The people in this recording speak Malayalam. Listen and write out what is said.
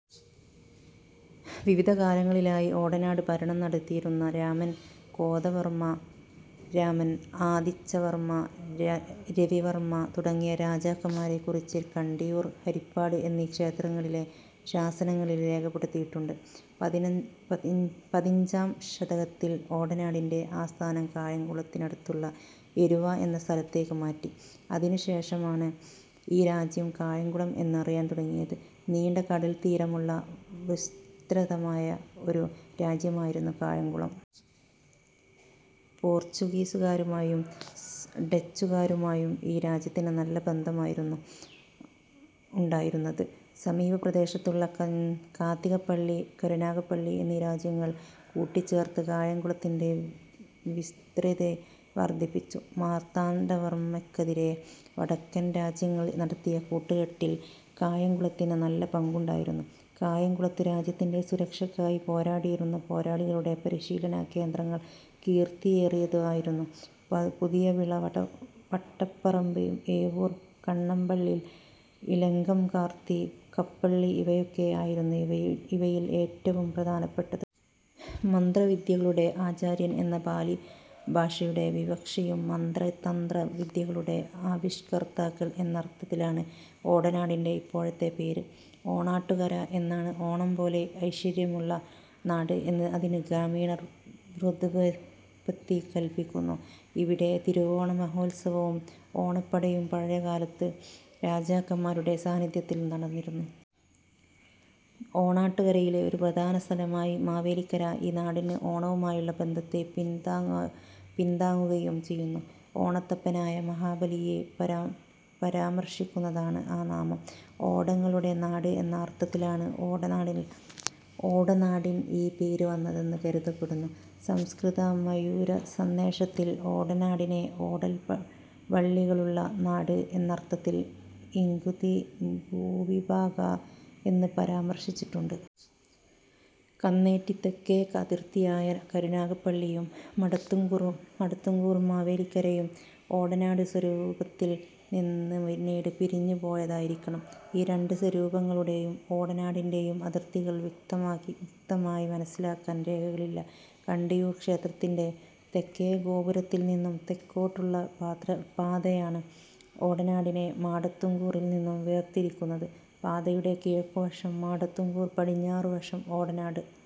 വിവിധകാലങ്ങളിലായി ഓടനാട് ഭരണം നടത്തിയിരുന്ന രാമൻ കോതവർമ്മ, രാമൻ ആതിച്ചവർമ്മ, രവിവർമ്മ തുടങ്ങിയ രാജാക്കന്മാരെക്കുറിച്ച് കണ്ടിയൂർ, ഹരിപ്പാട് എന്നീ ക്ഷേത്രങ്ങളിലെ ശാസനങ്ങളിൽ രേഖപ്പെടുത്തിയിട്ടുണ്ട്. പതിഞ്ചാം ശതകത്തിൽ ഓടനാടിന്റെ ആസ്ഥാനം കായംകുളത്തിനടുത്തുള്ള എരുവ എന്ന സ്ഥലത്തേക്ക് മാറ്റി. അതിനുശേഷമാണ് ഈ രാജ്യം കായംകുളം എന്നറിയാൻ തുടങ്ങിയത്. നീണ്ടകടൽത്തീരമുള്ള വിസ്തൃതമായ ഒരു രാജ്യമായിരുന്നു കായംകുളം. പോർച്ചുഗീസുകാരുമായും ഡച്ചുകാരുമായും ഈ രാജ്യത്തിന് നല്ല ബന്ധമായിരുന്നു ഉണ്ടായിരുന്നത്. സമീപപ്രദേശത്തുള്ള കാത്തികപ്പള്ളി, കരുനാഗപ്പള്ളി എന്നീ രാജ്യങ്ങൾ കൂട്ടിച്ചേർത്ത് കായംകുളത്തിന്റെ വിസ്തൃതി വർദ്ധിപ്പിച്ചു. മാർത്താണ്ഡവർമ്മയ്ക്കെതിരെ വടക്കൻ രാജ്യങ്ങൾ നടത്തിയ കൂട്ടുകെട്ടിൽ കായംകുളത്തിന് നല്ല പങ്കുണ്ടായിരുന്നു. കായംകുളത്തു രാജ്യത്തിന്റെ സുരക്ഷക്കായി പോരാടിയിരുന്ന പോരാളികളുടെ പരിശീലനകേന്ദ്രങ്ങൾ കീർത്തിയേറിയതു ആയിരുന്നു പുതിയവിള വട്ടപ്പറമ്പ്, ഏവൂർ കണ്ണമ്പള്ളിൽ, ഇലങ്കം, കാർത്തികപ്പള്ളി ഇവയൊക്കെ ആയിരുന്നു ഇവയിൽ ഏറ്റവും പ്രധാനപ്പെട്ടത്. മന്ത്രവിദ്യകളുടെ ആചാര്യൻ എന്ന പാലി ഭാഷയുടെ വിവക്ഷയും മന്ത്ര തന്ത്ര വിദ്യകളുടെ ആവിഷ്കർത്താക്കൾ എന്നർത്ഥത്തിലാണ്. ഓടനാടിന്റെ ഇപ്പോഴത്തെ പേര് ഓണാട്ടുകര എന്നാണ്. ഓണം പോലെ ഐശ്വര്യമുള്ള നാട് എന്ന് അതിനു ഗ്രാമീണർ വ്യുത്പത്തി കല്പിക്കുന്നു. ഇവിടെ തിരുവോണ മഹോത്സവവും ഓണപ്പടയും പഴയകാലത്ത് രാജാക്കന്മാരുടെ സാന്നിധ്യത്തിൽ നടന്നിരുന്നു. ഓണാട്ടുകരയിലെ ഒരു പ്രധാന സ്ഥലമായ് മാവേലിക്കര, ഈ നാടിന് ഓണവുമായുള്ള ബന്ധത്തെ പിൻതാങ്ങുകയും ചെയ്യുന്നു. ഓണത്തപ്പനായ മഹാബലിയെ പരാമർശിക്കുന്നതാണ് ആ നാമം. ഓടങ്ങളുടെ നാട് എന്ന അർത്ഥത്തിലാണ് ഓടനാടിൻ ഈ പേരു വന്നതെന്ന് കരുതപ്പെടുന്നു. സംസ്കൃത മയൂരസന്ദേശത്തിൽ ഓടനാടിനെ ഓടൽ വള്ളികളുള്ള നാട് എന്നർഥത്തിൽ ഇംഗുദി ഭൂവിഭാഗാഃ എന്നു പരാമർശിച്ചിട്ടുണ്ട്. കന്നേറ്റി തെക്കേ അതിർത്തിയായ കരുനഗപ്പള്ളി യും മടത്തൂംകൂറും മാവേലിക്കര യും ഓടനാടു സ്വരൂപത്തിൽ നിന്ന് പിന്നീട് പിരിഞ്ഞുപോയതായിരിക്കണം. ഈ രണ്ടു സ്വരൂപങ്ങളുടെയും ഓടനാടിന്റെയും അതിർത്തികൾ വ്യക്തമായി മനസ്സിലാക്കാൻ രേഖകളില്ല. കണ്ടിയൂർ ക്ഷേത്രത്തിന്റെ തെക്കേഗോപുരത്തിൽ നിന്നും തെക്കോട്ടുള്ള പാതയാണ് ഓടനാടിനെ മാടത്തുംകൂറിൽനിന്നും വേർതിരിക്കുന്നത്; പാതയുടെ കിഴക്കുവശം മാടത്തുംകൂർ, പടിഞ്ഞാറുവശം ഓടനാട്.